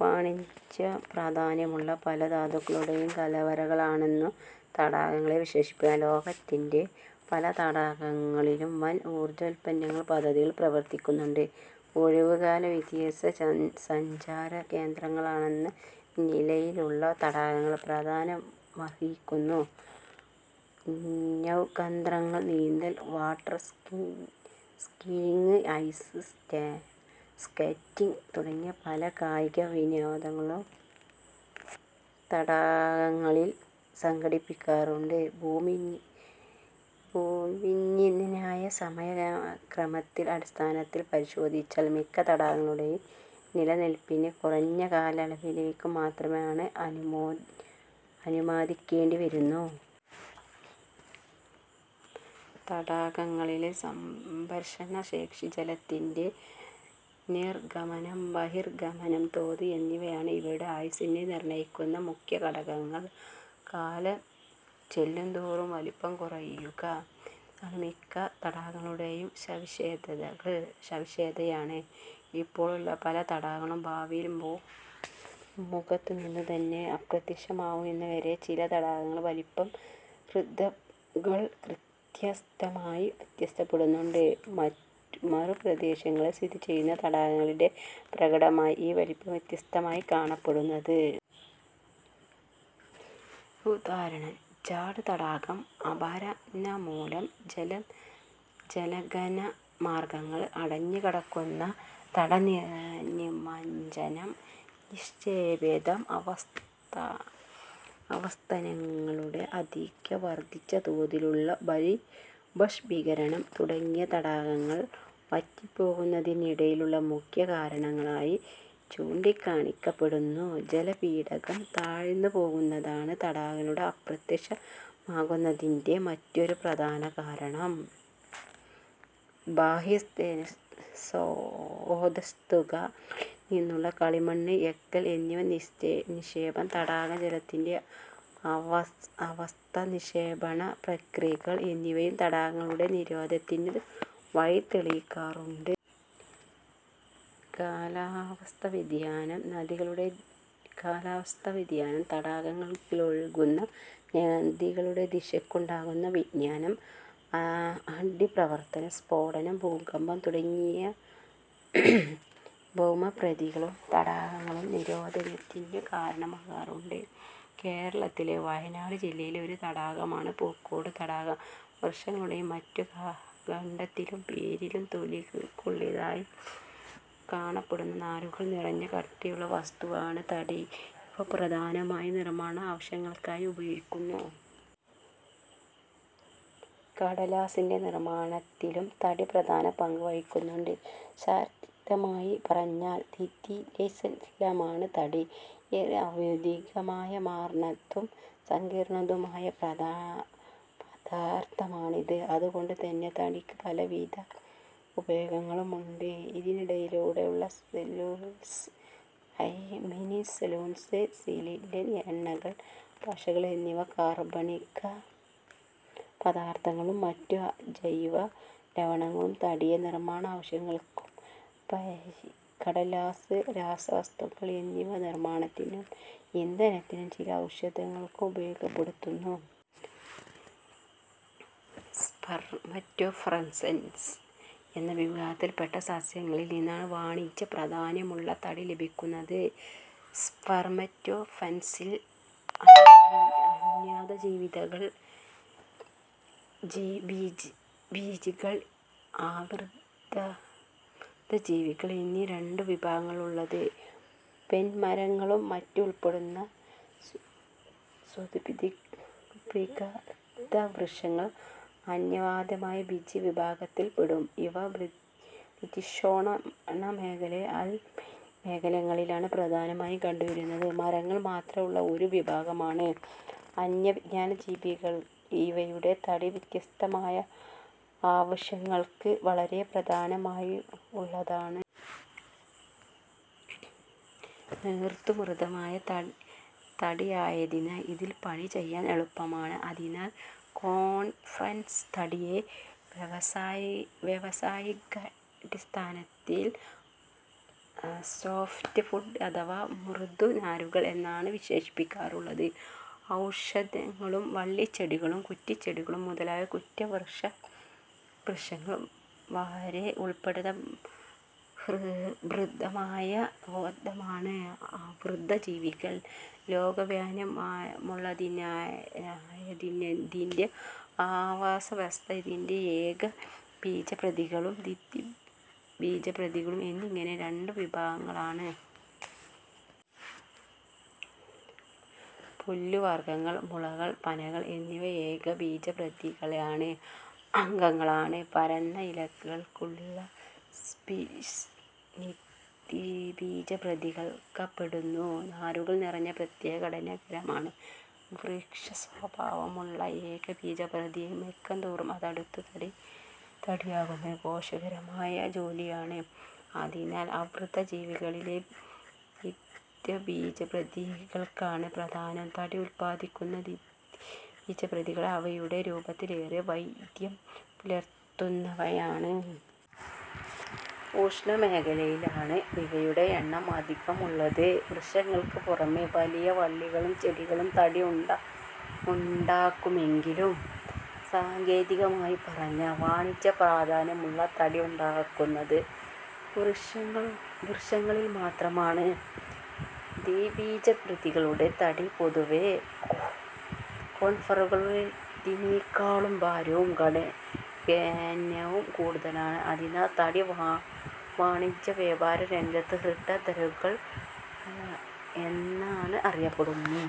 വാണിജ്യപ്രാധാന്യമുള്ള പല ധാതുക്കളുടേയും കലവറകളെന്നും തടാകങ്ങളെ വിശേഷിപ്പിക്കാം. ലോകത്തിലെ പല തടാകങ്ങളിലും വൻ ഊർജ്ജോത്പാദന പദ്ധതികൾ പ്രവർത്തിക്കുന്നുണ്ട്. ഒഴിവുകാല-വിനോദസഞ്ചാര കേന്ദ്രങ്ങളെന്ന നിലയിലും തടാകങ്ങൾ പ്രാധാന്യമർഹിക്കുന്നു. നൌകായാത്രകൾ, നീന്തൽ, വാട്ടർ സ്കീയിങ്, ഐസ് സ്കേറ്റിങ് തുടങ്ങിയ പല കായിക-വിനോദങ്ങളും തടാകങ്ങളിൽ സംഘടിപ്പിക്കാറുണ്ട്. ഭൂവിജ്ഞാനീയ സമയ ക്രമത്തിന്റെ അടിസ്ഥാനത്തിൽ പരിശോധിച്ചാൽ മിക്ക തടാകങ്ങളുടെയും നിലനില്പ് കുറഞ്ഞ കാലയളവിലേക്കു മാത്രമാ ണെന്ന് അനുമാനിക്കേണ്ടിവരുന്നു. തടാകങ്ങളുടെ സംഭരണശേഷി, ജലത്തിന്റെ നിർഗമന-ബഹിർഗമന തോത് എന്നിവയാണ് ഇവയുടെ ആയുസ്സിനെ നിർണയിക്കുന്ന മുഖ്യഘടകങ്ങൾ. കാലം ചെല്ലുന്തോറും വലിപ്പം കുറയുക എന്നത് മിക്ക തടാകങ്ങളുടേ യും സവിശേഷതയാണ്. ഇപ്പോഴുള്ള പല തടാകങ്ങളും ഭാവിയിൽ ഭൂമുഖത്തുനിന്നുതന്നെ അപ്രത്യക്ഷമായെന്നുവരാം. ചില തടാകങ്ങളുടെ വലിപ്പം ഋതുഭേദങ്ങൾക്കനുസൃതമായി വ്യത്യാസപ്പെടുന്നുണ്ട്. മരുപ്രദേശങ്ങളിൽ സ്ഥിതിചെയ്യുന്ന തടാകങ്ങളിലാണ് പ്രകടമായി ഈ വലിപ്പ വ്യത്യാസം കാണപ്പെടുന്നത്. ഉദാ. ഛാഡ് തടാകം. അപരദനംമൂലം ജലാഗമനമാർഗങ്ങൾ അടഞ്ഞുണ്ടാകുന്ന തടനിമജ്ജനം, നിക്ഷേപിത അവസാദങ്ങളുടെ ആധിക്യം, വർധിച്ച തോതിലുള്ള ബാഷ്പീകരണം തുടങ്ങിയവ തടാകങ്ങൾ വറ്റിപ്പോകുന്നതിനുള്ള മുഖ്യകാരണങ്ങളായി ചൂണ്ടിക്കാണിക്കപ്പെടുന്നു. ജലപീഠിക താഴ്ന്നുപോകുന്നതാണ് തടാകങ്ങൾ അപ്രത്യ ക്ഷമാകുന്നതിന്റെ മറ്റൊരു പ്രധാന കാരണം. ബാഹ്യസ്രോതസ്സുക ളിൽ നിന്നുള്ള കളിമണ്ണ്, എക്കൽ എന്നിവയുടെ നിക്ഷേപം, തടാക ജലത്തിന്റെ അവസാദ-നിക്ഷേപണ പ്രക്രിയകൾ എന്നിവയും തടാകങ്ങളുടെ തിരോധാനത്തിനു വഴിതെളിക്കാറുണ്ട്. കാലാവസ്ഥാ വ്യതിയാനം, തടാകങ്ങളിലേക്കൊഴുകുന്ന നദികളുടെ ദിശയ്ക്കുണ്ടാകുന്ന വ്യതിയാനം, അഗ്നിപർവത സ്ഫോടനങ്ങൾ, ഭൂകമ്പം തുടങ്ങിയ ഭൗമപ്രക്രിയകളും തടാകങ്ങളുടെ തിരോധാനത്തിനു കാരണമാകാറുണ്ട്. കേരളത്തിലെ വയനാട് ജില്ലയിലെ ഒരു തടാകമാണ് പൂക്കോട് തടാകം. വൃക്ഷങ്ങളുടേയും മറ്റും കാണ്ഡത്തിലും വേരിലും തൊലിക്കുള്ളിലായി കാണപ്പെടുന്ന നാരുകൾ നിറഞ്ഞ കട്ടിയുള്ള വസ്തുവാണ് തടി. ഇവ പ്രധാനമായും നിർമ്മാണാവശ്യങ്ങൾക്കായി ഉപയോഗിക്കുന്നു. കടലാസിന്റെ നിർമ്മാണത്തിലും തടി പ്രധാന പങ്ക് വഹിക്കുന്നു. ശാസ്ത്രീയമായി പറഞ്ഞാൽ ദ്വിതീയസൈലമാണ് തടി. ഏറെ വൈവിധ്യമാർന്നതും സങ്കീർണമായതുമായ പദാർഥമാണിത്. അതുകൊണ്ടുതന്നെ തടിക്ക് പലവിധ ഉപയോഗങ്ങളുമുണ്ട്. ഇതിലടങ്ങിയിട്ടുള്ള സെല്ലുലോസ്, ഹെമിസെല്ലുലോസ്, ലിഗ്നിൻ, എണ്ണകൾ, പശകൾ എന്നീ കാർബണിക പാദാർഥങ്ങളും മറ്റ് അജൈവ ലവണങ്ങളും തടിയെ നിർമ്മാണാവശ്യങ്ങൾക്കുപരി കടലാസ്, രാസവസ്തുക്കൾ എന്നിവയുടെ നിർമ്മാണത്തിനും ഇന്ധനത്തിനും ചില ഔഷധങ്ങൾക്കും ഉപയോഗപ്പെടുത്തുന്നു. സ്പെർമാറ്റോഫൈറ്റ്സ് എന്ന വിഭാഗത്തിൽപ്പെട്ട സസ്യങ്ങളിൽ നിന്നാണ് വാണിജ്യപ്രാധാന്യമുള്ള തടി ലഭിക്കുന്നത്. സ്പെർമാറ്റോഫൈറ്റ്സിൽ അനാവൃതബീജികൾ, ആവൃതബീജികൾ എന്നീ രണ്ടു വിഭാഗങ്ങളാണുള്ളത്. പൈൻമരങ്ങളും മറ്റും ഉൾപ്പെടുന്ന സ്തൂപികാഗ്രിതവൃക്ഷങ്ങൾ അനാവൃതബീജിവിഭാഗത്തിൽപ്പെടുന്നു. ഇവ മിതോഷ്ണമേഖലാ ആൽപൈൻ മേഖലകളിലാണ് പ്രധാനമായും കണ്ടുവരുന്നത്. മരങ്ങൾ മാത്രമുള്ള ഒരു വിഭാഗമാണ് അനാവൃതബീജികൾ. ഇവയുടെ തടി വ്യാവസായികാവശ്യങ്ങൾക്ക് വളരെ പ്രാധാന്യമുള്ളതാണ്. നേർത്തു മൃദുവായ തടിയായതിനാൽ ഇതിൽ പണിചെയ്യാൻ എളുപ്പമാണ്. അതിനാൽ കോണിഫറസ് തടികളെ വ്യാവസായികാടിസ്ഥാനത്തിൽ സോഫ്റ്റ് വുഡ് അഥവാ മൃദുനാരുകൾ എന്നാണ് വിശേഷിപ്പിക്കാറുള്ളത്. ഔഷധികളും വള്ളിച്ചെടികളും കുറ്റിച്ചെടികളും മുതൽ കൂറ്റൻ വൃക്ഷങ്ങൾ വരെ ഉൾപ്പെട്ട ബൃഹത്തായ ഗോത്രമാണ് ആവൃതബീജികൾ. ലോകവ്യാപനമുള്ളതാണിതിന്റെ ആവാസ വ്യവസ്ഥ. ഇതിന് ഏകബീജപത്രികൾ, ദ്വിബീജപത്രികൾ എന്നിങ്ങനെ രണ്ട് ഉപവിഭാഗങ്ങളുണ്ട്. പുല്ലുവർഗങ്ങൾ, മുളകൾ, പനകൾ എന്നിവ ഏകബീജപത്രികളിലെ അംഗങ്ങളാണ്. പരന്ന ഇലകളുള്ള സ്പീഷീസ് ദ്വിബീജപത്രികളിൽപ്പെടുന്നു. നാരുകൾ നിറഞ്ഞ പ്രത്യേക ഘടനകാരണം വൃക്ഷസ്വഭാവമുളള ഏകബീജപത്രികളിലെ മിക്കതും അറുത്ത് തടിയാക്കുന്നത് ക്ലേശകരമായ ജോലിയാണ്. അതിനാൽ ആവൃതബീജികളിൽ ദ്വിബീജപത്രികൾക്കാണ് പ്രാധാന്യം. തടി ഉത്പാദിപ്പിക്കുന്ന ദ്വിബീജപത്രികൾ അവയുടെ രൂപത്തിൽ ഏറെ വൈവിധ്യം പുലർത്തുന്നവയാണ്. ഉഷ്ണമേഖലയിലാണ് ഇവയുടെ എണ്ണം അധികമുള്ളത്. വൃക്ഷങ്ങൾക്കു പുറമേ വലിയ വള്ളികളിലും ചെടികളിലും തടി ഉണ്ടാകുമെങ്കിലും സാങ്കേതികമായി പറഞ്ഞാൽ വാണിജ്യ പ്രാധാന്യമുള്ള തടി ഉണ്ടാകുന്നത് വൃക്ഷങ്ങളിൽ മാത്രമാണ്. ദ്വിബീജപത്രികളുടെ തടിക്ക് പൊതുവേ കോണിഫറുകളുടേതിനേക്കാൾ ഭാരവും ഘനവും കൂടുതലാണ്. അതിനാൽ തടി വാണിജ്യ വ്യാപാര രംഗത്ത് ദൃഢദാരുകൾ എന്നറിയപ്പെടുന്നു.